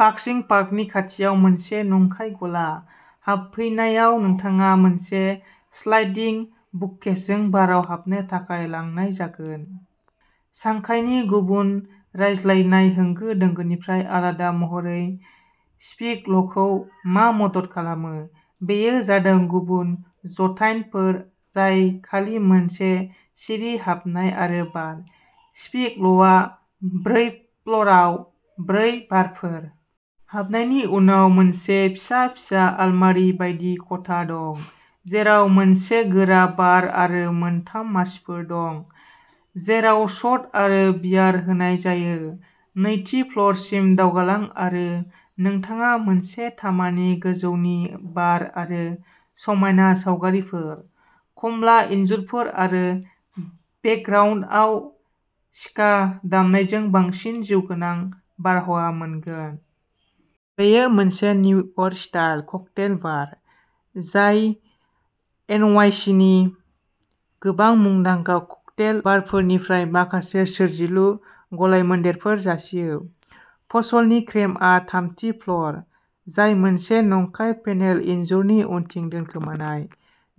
फाक्सिं पार्कनि खाथियाव मोनसे नंखाय गला। हाबफैनायाव, नोंथाङा मोनसे स्लाइडिं बुककेसजों बारआव हाबनो थाखाय लांनाय जागोन। शांघाईनि गुबुन रायज्लायनाय होंगो-दोंगोफोरनिफ्राय आलादा महरै स्पीक ल'खौ मा मदद खालामो, बेयो जादों, गुबुन ज'थायन्टफोर जाय खालि मोनसे सिरि हाबनाय आरो बार, स्पीक ल'आ ब्रै फ्ल'रआव ब्रै बारफोर। हाबनायनि उनाव, मोनसे फिसा फिसा आलमारि बायदि खथा दं जेराव मोनसे गोरा बार आरो मोनथाम मासिफोर दं जेराव शट आरो बियार होनाय जायो। नैथि फ्ल'रसिम दावगालां आरो नोंथाङा मोनसे तामानि गोजौनि बार आरो समायना सावगारिफोर, कमला इनजुरफोर आरो बेकग्राउन्दआव स्का दामनायजों बांसिन जिउगोनां बारहावा मोनगोन। बेयो मोनसे निउयर्क-स्टाइल ककटेल बार, जाय एनवाईसीनि गोबां मुंदांखा ककटेल बारफोरनिफ्राय माखासे सोरजिलु गलायमोन्देरफोर जासियो। फसलनि क्रेमआ थामथि फ्ल'र, जाय मोनसे नंखाय पेनेल इनजुरनि उनथिं दोनखोमानाय,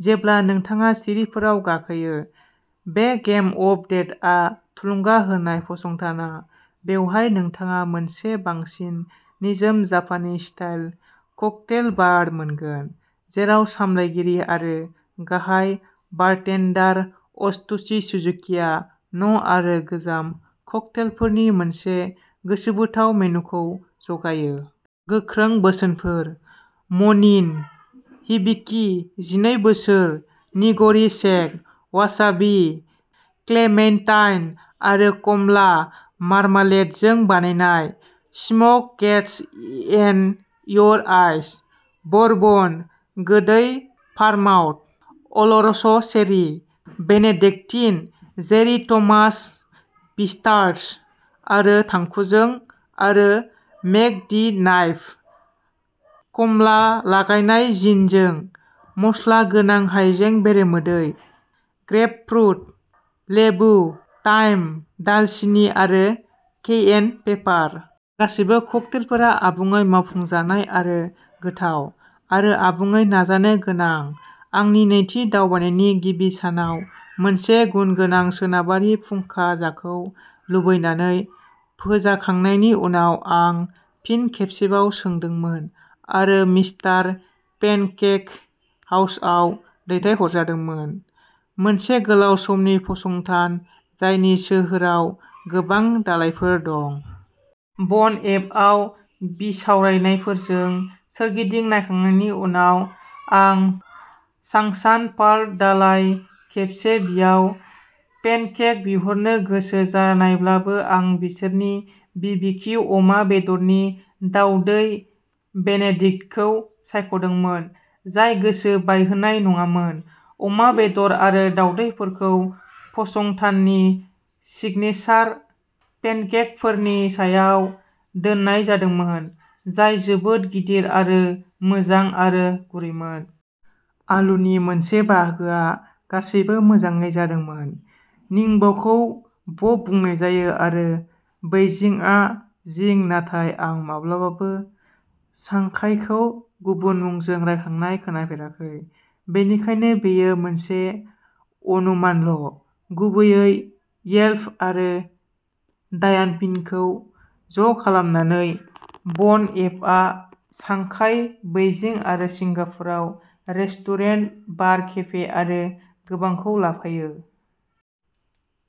जेब्ला नोंथाङा सिरिफोराव गाखोयो। बे गेम अफ डेथआ थुलुंगा होनाय फसंथाना बेवहाय नोंथाङा मोनसे बांसिन निजोम जापानी-स्टाइल ककटेल बार मोनगोन जेराव सामलायगिरि आरो गाहाय बारटेन्डार अत्सुशि सुजुकिआ न'आरो गोजाम ककटेलफोरनि मोनसे गोसोबोथाव मेनुखौ जगायो। गोख्रों बोसोनफोरः म'निन ', हिबिकि जिनै बोसोर, निग'रि सेक, वासाबि, क्लेमेन्टाइन आरो कमला मार्मालेडजों बानायनाय; smoke gets in your eyes, bourbon, गोदै vermouth, oloroso sherry, Benedictine, Jerry Thomas bitters आरो थांखुजों; आरो मेक दि नाइफ, खमला-लागायनाय जिनजों, मस्ला गोनां हायजें बेरेमोदै, ग्रेपफ्रुट, लेबु, थाइम, दालसिनि आरो केयेन पेपार। गासैबो ककटेलफोरा आबुङै मावफुंजानाय आरो गोथाव, आरो आबुङै नाजानो गोनां। आंनि नैथि दावबायनायनि गिबि सानाव मोनसे गुनगोनां सोनाबारि फुंखाजाखौ लुबैनानै फोजाखांनायनि उनाव, आं फिन खेबसेबाव सोंदोंमोन आरो मिस्टार पेनकेक हाउसआव दैथायहरजादोंमोन, मोनसे गोलाव समनि फसंथान जायनि सोहोराव गोबां दालायफोर दं। बन एप आव बिसावरायनायफोरजों सोरगिदिं नायखांनायनि उनाव, आं झांगशान पार्क दालाय खेबसे बियाव, पेनकेक बिहरनो गोसो जानायब्लाबो आं बिसोरनि बि बि खिउ अमा बेदरनि दावदै बेनेडिक्टखौ सायख'दोंमोन, जाय गोसो बायहोनाय नङामोन। अमा बेदर आरो दावदैफोरखौ फसंथाननि सिगनेसार पेनकेकफोरनि सायाव दोननाय जादोंमोन, जाय जोबोद गिदिर आरो मोजां आरो गुरैमोन। आलुनि मोनसे बाहागोआ गासैबो मोजाङै जादोंमोन। निंब'खौ "ब'" बुंनाय जायो आरो बेइजिंआ "जिं", नाथाय आं माब्लाबाबो सांघाईखौ गुबुन मुंजों रायखांनाय खोनाफेराखै, बेनिखायनो बेयो मोनसे अनुमानल'। गुबैयै येल्प आरो डायानपिंखौ ज'खालामनानै, बन एपआ सांघाई, बेइजिं आरो सिंगापुराव रेस्टुरेन्ट, बार, केफे आरो गोबांखौ लाफायो।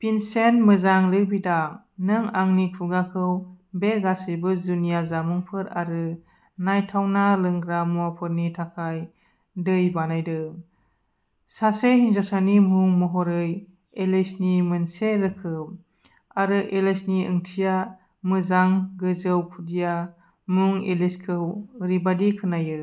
भिनसेन्ट-मोजां लिरबिदां! नों आंनि खुगाखौ बे गासैबो जुनिया जामुंफोर आरो नायथावना लोंग्रा मुवाफोरनि थाखाय दै बानायदों। सासे हिनजावसानि मुं महरै एलिसनि मोनसे रोखोम, आरो एलिसनि ओंथिया "मोजां, गोजौ"। खुदिया मुं एलिसखौ ओरैबादि खोनायो।